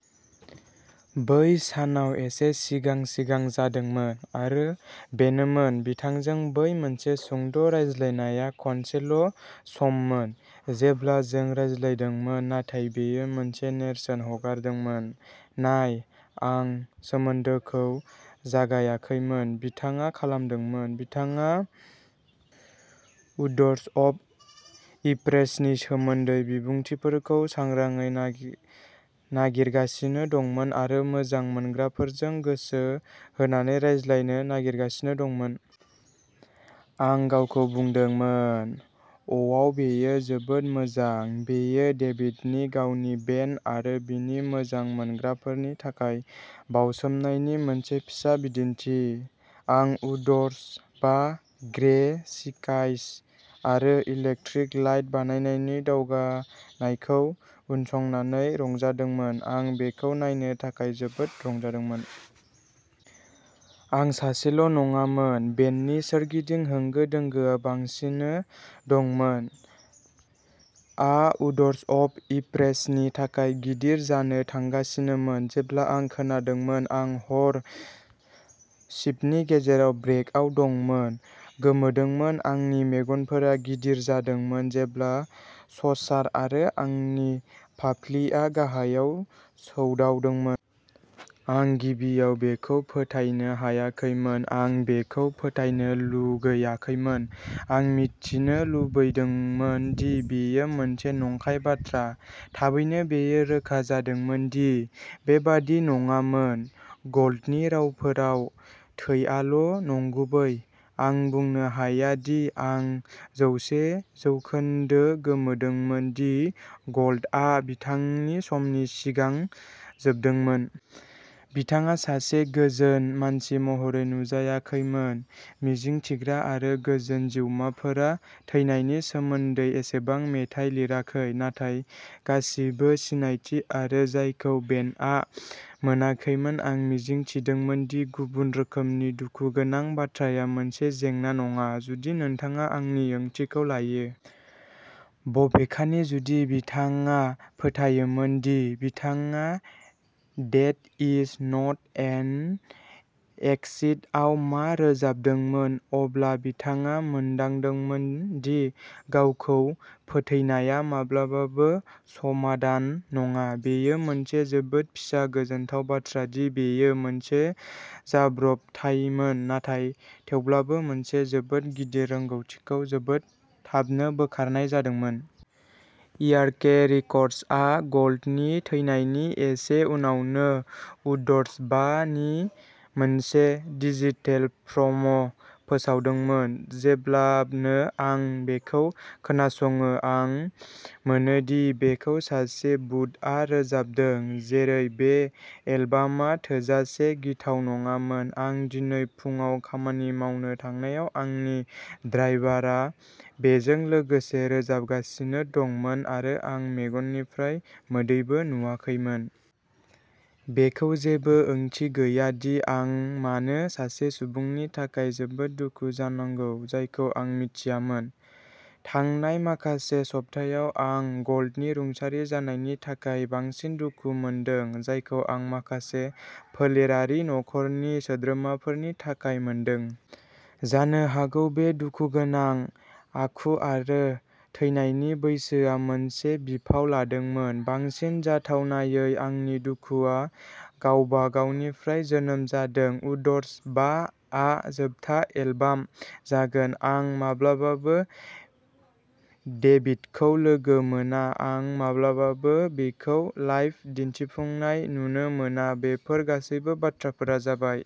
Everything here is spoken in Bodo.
बै सानाव एसे सिगां-सिगां जादोंमोन आरो बेनोमोन। बिथांजों बै मोनसे सुंद' रायज्लायनाया खनसेल' सममोन जेब्ला जों "रायज्लायदोंमोन" नाथाय बेयो मोनसे नेरसोन हगारदोंमोन। नाय, आं सोमोनदोखौ जागायाखैमोन। बिथाङा खालामदोंमोन। बिथाङा उड्स अफ इप्रेसनि सोमोन्दै बिबुंथिफोरखौ सांग्राङै नागिरगासिनो दंमोन आरो मोजां मोनग्राफोरजों गोसो होनानै रायज्लायनो नागिरगासिनो दंमोन। आं गावखौ बुंदोंमोन, "अवाव बेयो जोबोद मोजां।" बेयो डेभिडनि गावनि बेन्ड आरो बिनि मोजां मोनग्राफोरनि थाखाय बावसोमनायनि मोनसे फिसा बिदिनथि। आं उड्स बा ग्रे सिकाइज आरो इलेक्ट्रिक लाइट बानायनायनि दावगानायखौ उनसंनानै रंजादोंमोन। आं बेखौ नायनो थाखाय जोबोद रंजादोंमोन। आं सासेल'नङामोन। बेन्डनि सोरगिदिं होंगो दोंगोआ बांगासिनो दंमोन। आ उड्स अफ इप्रेसनि थाखाय गिदिर जानो थांगासिनोमोन। जेब्ला आं खोनादोंमोन आं हर सिफ्टनि गेजेराव ब्रेकआव दंमोन। गोमोदोंमोन। आंनि मेगनफोरा गिदिर जादोंमोन जेब्ला ससार आरो आंनि फाफ्लिआ गाहायाव सौदावदोंमोन। आं गिबियाव बेखौ फोथायनो हायाखैमोन। आं बेखौ फोथायनो लुगैयाखैमोन। आं मिथिनो लुगैदोंमोन दि बेयो मोनसे नंखाय बाथ्रा। थाबैनो बेयो रोखा जादोंमोन दि बेबादि नङामोन। गल्डनि रावफोराव, "थैआल' नंगुबै।" आं बुंनो हाया दि आं जौसे जौखोनदो गोमोदोंमोन दि गल्डआ बिथांनि समनि सिगां जोबदोंमोन। बिथाङा सासे गोजोन मानसि महरै नुजायाखैमोन। मिजिंथिग्रा आरो गोजोन जिउमाफोरा थैनायनि सोमोन्दै एसेबां मेथाइ लिराखै। नाथाय गासिबो सिनायथि आरो जायखौ बेन्डआ मोनाखैमोन, आं मिजिंथिदोंमोन दि गुबुन रोखोमनि दुखुगोनां बाथ्राया मोनसे जेंना नङा। जुदि नोंथाङा आंनि ओंथिखौ लायो। बबेखानि, जुदि बिथाङा फोथायोमोन दि बिथाङा "death is not an exit" आव मा रोजाबदोंमोन, अब्ला बिथाङा मोनदांदोंमोन दि गावखौ फोथैनाया माब्लाबाबो समाधान नङा। बेयो मोनसे जोबोद फिसा गोजोनथाव बाथ्रा दि बेयो मोनसे जाब्रबथायमोन, नाथाय थेवब्लाबो, मोनसे जोबोद गिदिर रोंग'थिखौ जोबोद थाबनो बोखारनाय जादोंमोन। इयारके रिकर्डसआ गल्डनि थैनायनि एसे उनावनो उड्स बा नि मोनसे डिजिटेल प्रम' फोसावदोंमोन। जेब्लानो आं बेखौ खोनासङो, आं मोनो दि बेखौ सासे भुतआ रोजाबदों। जेरै बे एलबामा थोजासे गिथाव नङामोन। आं दिनै फुंआव खामानि मावनो थांनायाव आंनि ड्राइभारा बेजों लोगोसे रोजाबगासिनो दंमोन आरो आं मेगननिफ्राय मोदैबो नुवाखैमोन। बेखौ जेबो ओंथि गैया दि आं मानो सासे सुबुंनि थाखाय जोबोद दुखु जानांगौ जायखौ आं मिथियामोन। थांनाय माखासे सप्तायाव आं गल्डनि रुंसारि जानायनि थाखाय बांसिन दुखु मोनदों, जायखौ आं माखासे फोलेरारि नखरनि सोद्रोमाफोरनि थाखाय मोनदों। जानो हागौ बे दुखुगोनां आखु आरो थैनायनि बैसोआ मोनसे बिफाव लादोंमोन। बांसिन जाथावनायै, आंनि दुखुआ गावबा गावनिफ्राय जोनोम जादों। उड्स बा आ जोबथा एलबाम जागोन। आं माब्लाबाबो डेभिडखौ लोगो मोना। आं माब्लाबाबो बिखौ लाइभ दिनथिफुंनाय नुनो मोना। बेफोर गासैबो बाथ्राफोरा जाबाय,